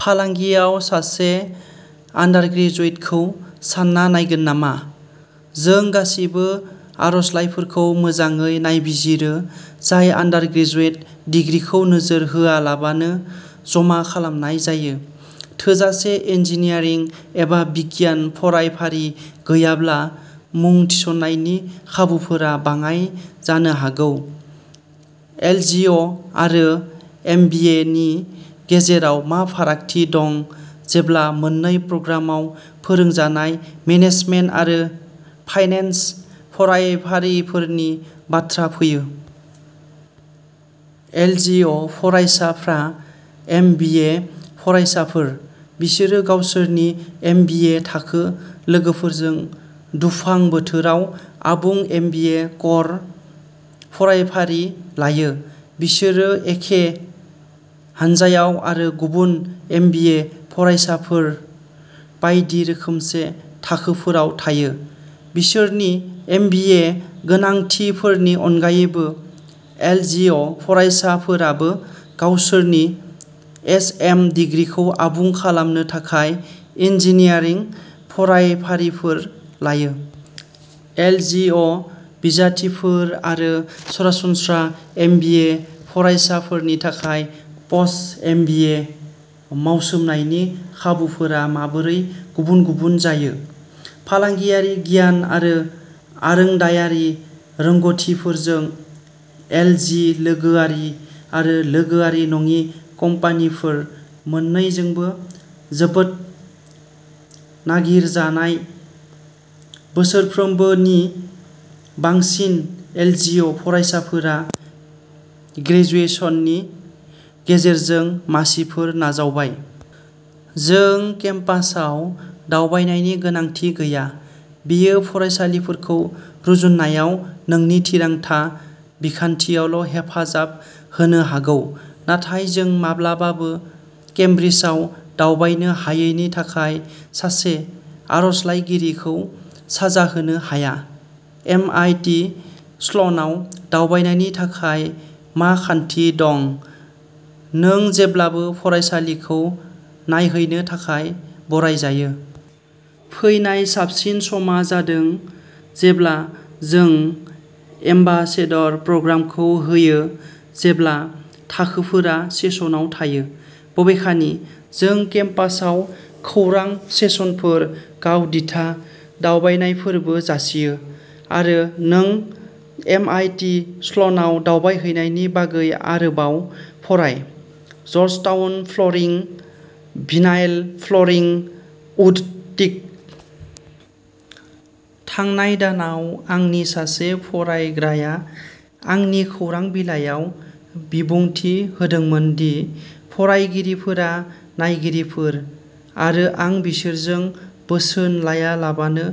फालांगियाव सासे आन्डारग्रेजुएटखौ सान्ना नायगोन नामा? जों गासिबो आर'जलाइफोरखौ मोजाङै नायबिजिरो जाय आन्डारग्रेजुएट दिग्रिखौ नोजोर होआलाबानो जमा खालामनाय जायो; थोजासे इन्जिनियारिं एबा बिगियान फरायफारि गैयाब्ला मुं थिसननायनि खाबुफोरा बाङाइ जानो हागौ। एलजिअ'आरो एमबिएनि गेजेराव मा फारागथि दं जेब्ला मोन्नै प्रग्रामाव फोरोंजानाय मेनेजमेन्ट आरो फाइनेन्स फरायफारिफोरनि बाथ्रा फैयो? एलजिअ'फरायसाफ्रा एमबिए फरायसाफोर। बिसोरो गावसोरनि एमबिए थाखो लोगोफोरजों दुफां बोथोराव आबुं एमबिए क'र फरायफारि लायो; बिसोरो एखे हान्जायाव आरो गुबुन एमबिए फरायसाफोर बायदि रोखोमसे थाखोफोराव थायो। बिसोरनि एमबिए गोनांथिफोरनि अनगायैबो, एलजिअ'फरायसाफोराबो गावसोरनि एसएम दिग्रिखौ आबुं खालामनो थाखाय इन्जिनियारिं फरायफारिफोर लायो। एलजिअ'बिजाथिफोर आरो सरासनस्रा एमबिए फरायसाफोरनि थाखाय पोस्ट-एमबिए मावसोमनायनि खाबुफोरा माबोरै गुबुन-गुबुन जायो? फालांगियारि गियान आरो आरोंदायारि रोंग'थिफोरजों, एलजि लोगोआरि आरो लोगोआरि नङि कम्पानिफोर मोननैजोंबो जोबोद नागिरजानाय। बोसोरफ्रोमबो नि बांसिन एलजिअ'फरायसाफोरा ग्रेजुएशननि गेजेरजों मासिफोर नाजावबाय। जों केम्पासआव दावबायनायनि गोनांथि गैया। बेयो फरायसालिफोरखौ रुजुननायाव नोंनि थिरांथा बिखान्थियावल'हेफाजाब होनो हागौ, नाथाय जों माब्लाबाबो केमब्रिजआव दावबायनो हायैनि थाखाय सासे आर'जलाइगिरिखौ साजा होनो हाया। एमआइटि स्ल'नाव दावबायनायनि थाखाय मा खान्थि दं? नों जेब्लाबो फरायसालिखौ नायहैनो थाखाय बरायजायो। फैनाय साबसिन समा जादों जेब्ला जों एम्बासेडर प्रग्रामखौ होयो जेब्ला थाखोफोरा सेसनआव थायो। बबेखानि, जों केम्पासआव खौरां सेसनफोर, गाव-दिथा दावबायनायफोरबो जासियो, आरो नों एमआइटि स्ल'नाव दावबायहैनायनि बागै आरोबाव फराय। जर्जटाउन फ्ल'रिं, भिनाइल फ्ल'रिं उडटिक। थांनाय दानाव, आंनि सासे फरायग्राया आंनि खौरां बिलाइयाव बिबुंथि होदोंमोन दि फरायगिरिफोरा नायगिरिफोर, आरो आं बिसोरजों बोसोन लायालाबानो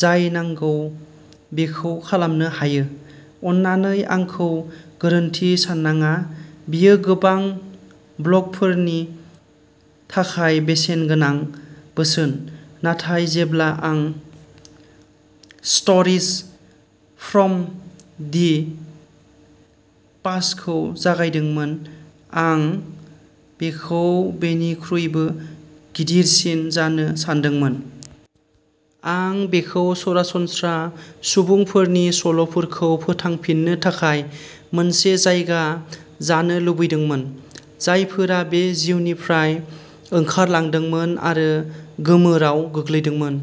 जाय नांगौ बेखौ खालामनो हायो। अन्नानै आंखौ गोरोन्थि साननाङा, बेयो गोबां ब्लगफोरनि थाखाय बेसेनगोनां बोसोन, नाथाय जेब्ला आं स्ट'रीज फ्रम दि पास्टखौ जागायदोंमोन, आं बेखौ बेनिख्रुइबो गिदिरसिन जानो सानदोंमोन। आं बेखौ "सरासनस्रा" सुबुंफोरनि सल'फोरखौ फोथांफिन्नो थाखाय मोनसे जायगा जानो लुगैदोंमोन, जायफोरा बे जिउनिफ्राय ओंखारलांदोंमोन आरो गोमोराव गोग्लैदोंमोन।